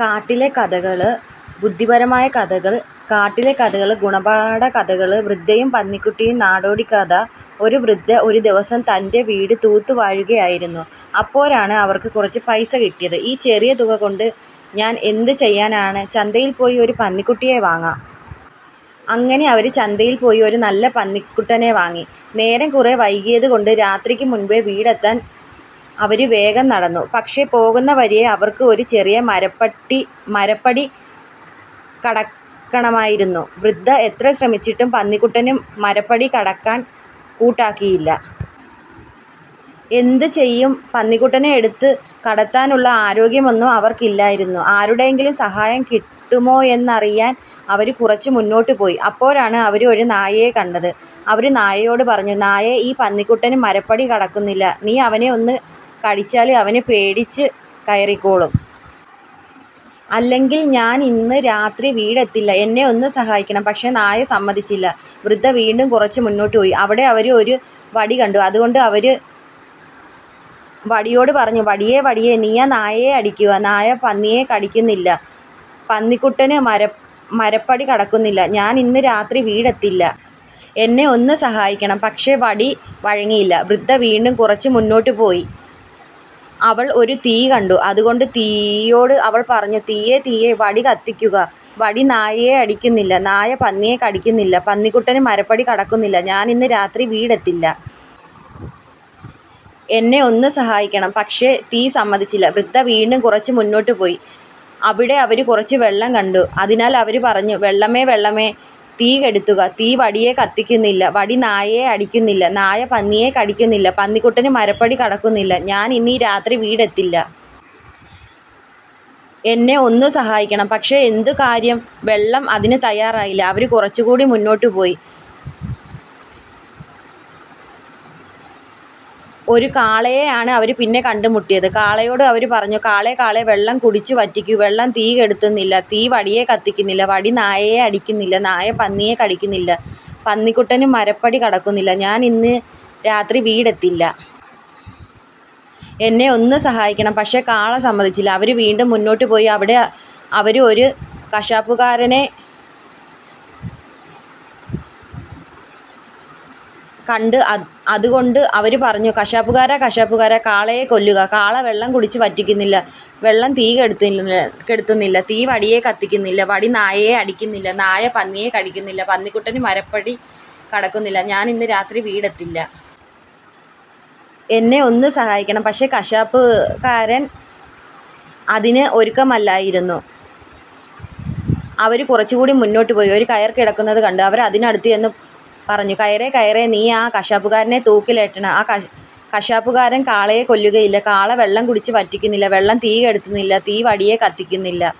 കാട്ടിലെ കഥകള് ബുദ്ധിപരമായ കഥകൾ കാട്ടിലെ കഥകള് ഗുണപാഠ കഥകള് വൃദ്ധയും പന്നിക്കുട്ടനും നാടോടിക്കഥ ഒരു വൃദ്ധ ഒരു ദിവസം തന്റെ വീട് തൂത്തുവാരുകയായിരുന്നു. അപ്പോഴാണ് അവര്ക്ക് കുറച്ചു പൈസ കിട്ടിയത്, "ഈ ചെറിയ തുക കൊണ്ട് ഞാൻ എന്തു ചെയ്യാനാണ്? ചന്തയിൽ പോയി ഒരു പന്നിക്കുട്ടിയെ വാങ്ങാം. " അങ്ങിനെ അവര് ചന്തയില് പോയി ഒരു നല്ല പന്നിക്കുട്ടനെ വാങ്ങി. നേരം കുറെ വൈകിയത് കൊണ്ട് രാത്രിക്ക് മുന്പേ വീടെത്താന് അവര് വേഗം നടന്നു. പക്ഷേ പോകുന്ന വഴിയേ അവര്ക്ക് ഒരു ചെറിയ മരപ്പടി കടക്കണമായിരുന്നു. വൃദ്ധ എത്ര ശ്രമിച്ചിട്ടും പന്നിക്കുട്ടന് മരപ്പടി കടക്കാന് കൂട്ടാക്കിയില്ല. എന്തു ചെയ്യും? പന്നിക്കുട്ടനെ എടുത്തു കടത്താനുള്ള ആരോഗ്യമൊന്നും അവര്ക്കില്ലായിരുന്നു. ആരുടെയെങ്കിലും സഹായം കിട്ടുമോയെന്നറിയാന് അവര് കുറച്ച് മുന്നോട്ട് പോയി. അപ്പോഴാണ് അവര് ഒരു നായയെ കണ്ടത്. അവര് നായയോട് പറഞ്ഞു: "നായേ! ഈ പന്നിക്കുട്ടന് മരപ്പടി കടക്കുന്നില്ല. നീ അവനെ ഒന്നു കടിച്ചാല് അവന് പേടിച്ച് കയറിക്കോളും. അല്ലെങ്കില് ഞാൻ ഇന്ന് രാത്രി വീടെത്തില്ല. എന്നെ ഒന്നു സഹായിക്കണം! " പക്ഷേ നായ സമ്മതിച്ചില്ല. വൃദ്ധ വീണ്ടും കുറച്ച് മുന്നോട്ട് പോയി. അവിടെ അവര് ഒരു വടി കണ്ടു. അതുകൊണ്ട് അവര് വടിയോട് പറഞ്ഞു: "വടിയേ! വടിയേ! നീയാ നായയെ അടിക്കുക! നായ പന്നിയെ കടിക്കുന്നില്ല; പന്നിക്കുട്ടന് മരപ്പടി കടക്കുന്നില്ല; ഞാൻ ഇന്ന് രാത്രി വീടെത്തില്ല. എന്നെ ഒന്നു സഹായിക്കണം! " പക്ഷേ വടി വഴങ്ങിയില്ല. വൃദ്ധ വീണ്ടും കുറച്ച് മുന്നോട്ട് പോയി. അവൾ ഒരു തീ കണ്ടു. അതുകൊണ്ട് തീയോട് അവൾ പറഞ്ഞു: "തീയേ! തീയേ! വടി കത്തിക്കുക; വടി നായയെ അടിക്കുന്നില്ല; നായ പന്നിയെ കടിക്കുന്നില്ല; പന്നിക്കുട്ടന് മരപ്പടി കടക്കുന്നില്ല; ഞാൻ ഇന്ന് രാത്രി വീടെത്തില്ല. എന്നെ ഒന്നു സഹായിക്കണം! ". പക്ഷേ തീ സമ്മതിച്ചില്ല. വൃദ്ധ വീണ്ടും കുറച്ച് മുന്നോട്ട് പോയി. അവിടെ അവര് കുറച്ച് വെള്ളം കണ്ടു. അതിനാൽ അവര് പറഞ്ഞു: "വെള്ളമേ, വെള്ളമേ! തീ കെടുത്തുക; തീ വടിയേ കത്തിക്കുന്നില്ല; വടി നായയെ അടിക്കുന്നില്ല; നായ പന്നിയെ കടിക്കുന്നില്ല; പന്നിക്കുട്ടന് മരപ്പടി കടക്കുന്നില്ല; ഞാൻ ഇന്ന് രാത്രി വീടെത്തില്ല. എന്നെ ഒന്നു സഹായിക്കണം! " പക്ഷേ എന്തു കാര്യം, വെള്ളം അതിന് തയ്യാറായില്ല. അവര് കുറച്ചുകൂടി മുന്നോട്ട് പോയി. ഒരു കാളയെയാണ് അവര് പിന്നെ കണ്ടുമുട്ടിയത്. കാളയോട് അവര് പറഞ്ഞു: "കാളേ! കാളേ! വെള്ളം കുടിച്ചു വറ്റിക്കൂ; വെള്ളം തീ കെടുത്തുന്നില്ല; തീ വടിയേ കത്തിക്കുന്നില്ല; വടി നായയെ അടിക്കുന്നില്ല; നായ പന്നിയെ കടിക്കുന്നില്ല; പന്നിക്കുട്ടന് മരപ്പടി കടക്കുന്നില്ല; ഞാൻ ഇന്ന് രാത്രി വീടെത്തില്ല. എന്നെ ഒന്നു സഹായിക്കണം! പക്ഷേ കാള സമ്മതിച്ചില്ല. അവര് വീണ്ടും മുന്നോട്ട് പോയി. അവിടെ അവര് ഒരു കശാപ്പുകാരനെ കണ്ടു. അതുകൊണ്ട് അവര്പറഞ്ഞു: "കശാപ്പുകാരാ! കശാപ്പുകാരാ! കാളയെ കൊല്ലുക; കാള വെള്ളം കുടിച്ചു വറ്റിക്കുന്നില്ല; വെള്ളം തീ കെടുത്തുന്നില്ല; തീ വടിയേ കത്തിക്കുന്നില്ല; വടി നായയെ അടിക്കുന്നില്ല; നായ പന്നിയെ കടിക്കുന്നില്ല; പന്നിക്കുട്ടന് മരപ്പടി കടക്കുന്നില്ല; ഞാൻ ഇന്ന് രാത്രി വീടെത്തില്ല. എന്നെ ഒന്നു സഹായിക്കണം! " പക്ഷേ, കശാപ്പുകാരൻ അതിന് ഒരുക്കമല്ലായിരുന്നു. അവര് കുറച്ചുകൂടി മുന്നോട്ട് പോയി. ഒരു കയർ കിടക്കുന്നത് കണ്ടു അവര് അതിനടുത്ത് ചെന്നു പറഞ്ഞു: "കയറേ! കയറേ! നീ ആ കശാപ്പുകാരനെ തൂക്കിലേറ്റണം; കശാപ്പുകാരൻ കാളയെ കൊല്ലുകയില്ല; കാള വെള്ളം കുടിച്ചു വറ്റിക്കുന്നില്ല; വെള്ളം തീ കെടുത്തുന്നില്ല; തീ വടിയേ കത്തിക്കുന്നില്ല;